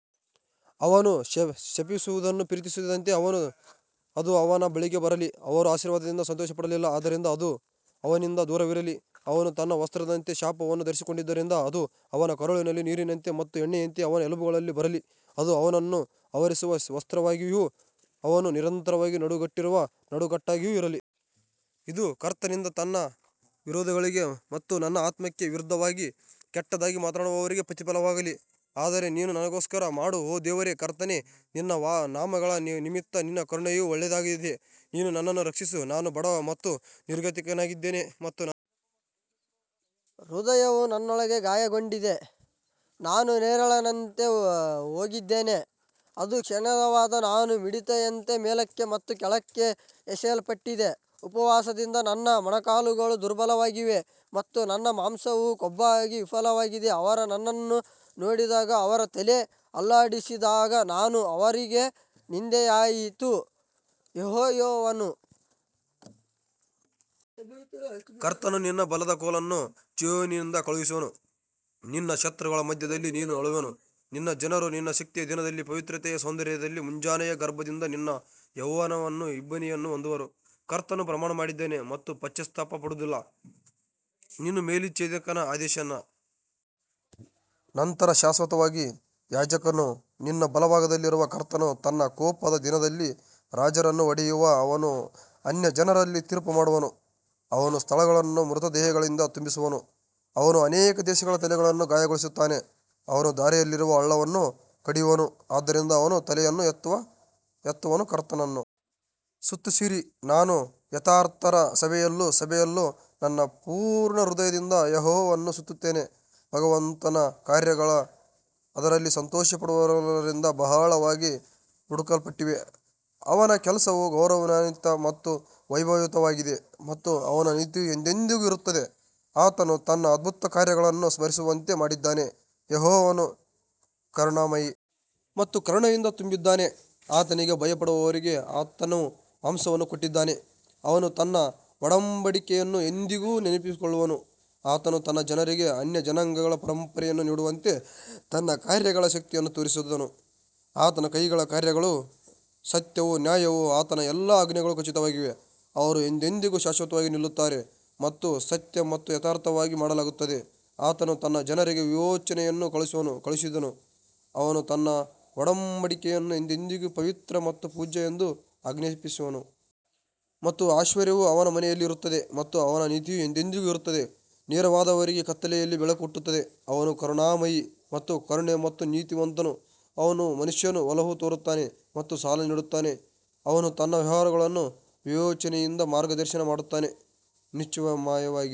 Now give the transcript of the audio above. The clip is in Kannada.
ಅವನು ಶಪಿಸುವುದನ್ನು ಪ್ರೀತಿಸಿದಂತೆ ಅದು ಅವನ ಬಳಿಗೆ ಬರಲಿ, ಅವನು ಆಶೀರ್ವಾದದಲ್ಲಿ ಸಂತೋಷಪಡಲಿಲ್ಲ ಆದ್ದರಿಂದ ಅದು ಅವನಿಂದ ದೂರವಿರಲಿ ಅವನು ತನ್ನ ವಸ್ತ್ರದಂತೆ ಶಾಪವನ್ನು ಧರಿಸಿಕೊಂಡಿದ್ದರಿಂದ ಅದು ಅವನ ಕರುಳಿನಲ್ಲಿ ನೀರಿನಂತೆ ಮತ್ತು ಎಣ್ಣೆಯಂತೆ ಅವನ ಎಲುಬುಗಳಲ್ಲಿ ಬರಲಿ. ಅದು ಅವನನ್ನು ಆವರಿಸುವ ವಸ್ತ್ರವಾಗಿಯೂ ಅವನು ನಿರಂತರವಾಗಿ ನಡುಕಟ್ಟಿರುವ ನಡುಕಟ್ಟಾಗಿಯೂ ಇರಲಿ. ಇದು ಕರ್ತನಿಂದ ನನ್ನ ವಿರೋಧಿಗಳಿಗೆ ಮತ್ತು ನನ್ನ ಆತ್ಮಕ್ಕೆ ವಿರುದ್ಧವಾಗಿ ಕೆಟ್ಟದಾಗಿ ಮಾತನಾಡುವವರಿಗೆ ಪ್ರತಿಫಲವಾಗಲಿ ಆದರೆ ನೀನು ನನಗೋಸ್ಕರ ಮಾಡು ಓ ದೇವರೇ ಕರ್ತನೇ ನಿನ್ನ ನಾಮಗಳ ನಿಮಿತ್ತ ನಿನ್ನ ಕರುಣೆಯು ಒಳ್ಳೆಯದಾಗಿದೆ ನೀನು ನನ್ನನ್ನು ರಕ್ಷಿಸು ನಾನು ಬಡವ ಮತ್ತು ನಿರ್ಗತಿಕನಾಗಿದ್ದೇನೆ ಮತ್ತು ನನ್ನ ಹೃದಯವು ನನ್ನೊಳಗೆ ಗಾಯಗೊಂಡಿದೆ ನಾನು ನೆರಳಿನಂತೆ ಹೋಗಿದ್ದೇನೆ ಅದು ಕ್ಷೀಣಿಸಿದಾಗ ನಾನು ಮಿಡತೆಯಂತೆ ಮೇಲಕ್ಕೆ ಮತ್ತು ಕೆಳಕ್ಕೆ ಎಸೆಯಲ್ಪಟ್ಟಿದ್ದೇನೆ ಉಪವಾಸದಿಂದ ನನ್ನ ಮೊಣಕಾಲುಗಳು ದುರ್ಬಲವಾಗಿವೆ ಮತ್ತು ನನ್ನ ಮಾಂಸವು ಕೊಬ್ಬಾಗಿ ವಿಫಲವಾಗಿದೆ ಅವರು ನನ್ನನ್ನು ನೋಡಿದಾಗ ಅವರು ತಲೆ ಅಲ್ಲಾಡಿಸಿದಾಗ ನಾನು ಅವರಿಗೆ ನಿಂದೆಯಾಯಿತು ಯೆಹೋವನು ಕರ್ತನು ನಿನ್ನ ಬಲದ ಕೋಲನ್ನು ಚೀಯೋನಿನಿಂದ ಕಳುಹಿಸುವನು ನಿನ್ನ ಶತ್ರುಗಳ ಮಧ್ಯದಲ್ಲಿ ನೀನು ಆಳುವನು ನಿನ್ನ ಜನರು ನಿನ್ನ ಶಕ್ತಿಯ ದಿನದಲ್ಲಿ ಪವಿತ್ರತೆಯ ಸೌಂದರ್ಯದಲ್ಲಿ ಮುಂಜಾನೆಯ ಗರ್ಭದಿಂದ ನಿನ್ನ ಯೌವನದ ಇಬ್ಬನಿಯನ್ನು ಹೊಂದುವರು ಕರ್ತನು ಪ್ರಮಾಣ ಮಾಡಿದ್ದಾನೆ ಮತ್ತು ಪಶ್ಚಾತ್ತಾಪ ಪಡುವುದಿಲ್ಲ, ನೀನು ಮೆಲ್ಕಿಜೆದೇಕನ ಆದೇಶದ ನಂತರ ಶಾಶ್ವತವಾಗಿ ಯಾಜಕನು ನಿನ್ನ ಬಲಭಾಗದಲ್ಲಿರುವ ಕರ್ತನು ತನ್ನ ಕೋಪದ ದಿನದಲ್ಲಿ ರಾಜರನ್ನು ಹೊಡೆಯುವನು ಅವನು ಅನ್ಯಜನರಲ್ಲಿ ತೀರ್ಪುಮಾಡುವನು, ಅವನು ಸ್ಥಳಗಳನ್ನು ಮೃತ ದೇಹಗಳಿಂದ ತುಂಬಿಸುವನು, ಅವನು ಅನೇಕ ದೇಶಗಳ ತಲೆಗಳನ್ನು ಗಾಯಗೊಳಿಸುತ್ತಾನೆ ಅವನು ದಾರಿಯಲ್ಲಿರುವ ಹಳ್ಳವನ್ನು ಕುಡಿಯುವನು, ಆದ್ದರಿಂದ ಅವನು ತಲೆಯನ್ನು ಎತ್ತುವನು ಕರ್ತನನ್ನು ಸ್ತುತಿಸಿರಿ ನಾನು ಯಥಾರ್ಥರ ಸಭೆಯಲ್ಲೂ ಸಭೆಯಲ್ಲೂ ನನ್ನ ಪೂರ್ಣ ಹೃದಯದಿಂದ ಯೆಹೋವನನ್ನು ಸ್ತುತಿಸುತ್ತೇನೆ ಭಗವಂತನ ಕಾರ್ಯಗಳು ಅದರಲ್ಲಿ ಸಂತೋಷಪಡುವವರೆಲ್ಲರಿಂದ ಬಹಳವಾಗಿ ಹುಡುಕಲ್ಪಟ್ಟಿವೆ ಅವನ ಕೆಲಸವು ಗೌರವಾನ್ವಿತ ಮತ್ತು ವೈಭವಯುತವಾಗಿದೆ ಮತ್ತು ಅವನ ನೀತಿಯು ಎಂದೆಂದಿಗೂ ಇರುತ್ತದೆ ಆತನು ತನ್ನ ಅದ್ಭುತಕಾರ್ಯಗಳನ್ನು ಸ್ಮರಿಸುವಂತೆ ಮಾಡಿದ್ದಾನೆ, ಯೆಹೋವನು ಕರುಣಾಮಯಿ ಮತ್ತು ಕರುಣೆಯಿಂದ ತುಂಬಿದ್ದಾನೆ ಆತನಿಗೆ ಭಯಪಡುವವರಿಗೆ ಆತನು ಮಾಂಸವನ್ನು ಕೊಟ್ಟಿದ್ದಾನೆ, ಅವನು ತನ್ನ ಒಡಂಬಡಿಕೆಯನ್ನು ಎಂದಿಗೂ ನೆನಪಿಸಿಕೊಳ್ಳುವನು ಆತನು ತನ್ನ ಜನರಿಗೆ ಅನ್ಯಜನಾಂಗಗಳ ಪರಂಪರೆಯನ್ನು ನೀಡುವಂತೆ ತನ್ನ ಕಾರ್ಯಗಳ ಶಕ್ತಿಯನ್ನು ತೋರಿಸಿದನು ಆತನ ಕೈಗಳ ಕಾರ್ಯಗಳು ಸತ್ಯವೂ ನ್ಯಾಯವೂ ಆತನ ಎಲ್ಲಾ ಆಜ್ಞೆಗಳು ಖಚಿತವಾಗಿವೆ ಅವರು ಎಂದೆಂದಿಗೂ ಶಾಶ್ವತವಾಗಿ ನಿಲ್ಲುತ್ತಾರೆ ಮತ್ತು ಸತ್ಯ ಮತ್ತು ಯಥಾರ್ಥವಾಗಿ ಮಾಡಲಾಗುತ್ತದೆ ಆತನು ತನ್ನ ಜನರಿಗೆ ವಿಮೋಚನೆಯನ್ನು ಕಳುಹಿಸಿದನು, ಅವನು ತನ್ನ ಒಡಂಬಡಿಕೆಯನ್ನು ಎಂದೆಂದಿಗೂ ಪವಿತ್ರ ಮತ್ತು ಪೂಜ್ಯ ಎಂದು ಆಜ್ಞಾಪಿಸಿದನು. ಐಶ್ವರ್ಯವು ಅವನ ಮನೆಯಲ್ಲಿ ಇರುತ್ತದೆ ಮತ್ತು ಅವನ ನೀತಿಯು ಎಂದೆಂದಿಗೂ ಇರುತ್ತದೆ ನೇರವಾದವರಿಗೆ ಕತ್ತಲೆಯಲ್ಲಿ ಬೆಳಕು ಹುಟ್ಟುತ್ತದೆ, ಅವನು ಕರುಣಾಮಯಿ ಮತ್ತು ಕರುಣೆ ಮತ್ತು ನೀತಿವಂತನು ಒಳ್ಳೆಯ ಮನುಷ್ಯನು ಒಲವು ತೋರುತ್ತಾನೆ ಮತ್ತು ಸಾಲ ನೀಡುತ್ತಾನೆ, ಅವನು ತನ್ನ ವ್ಯವಹಾರಗಳನ್ನು ವಿವೇಚನೆಯಿಂದ ಮಾರ್ಗದರ್ಶನ ಮಾಡುತ್ತಾನೆ ನಿಶ್ಚಯವಾಗಿಯೂ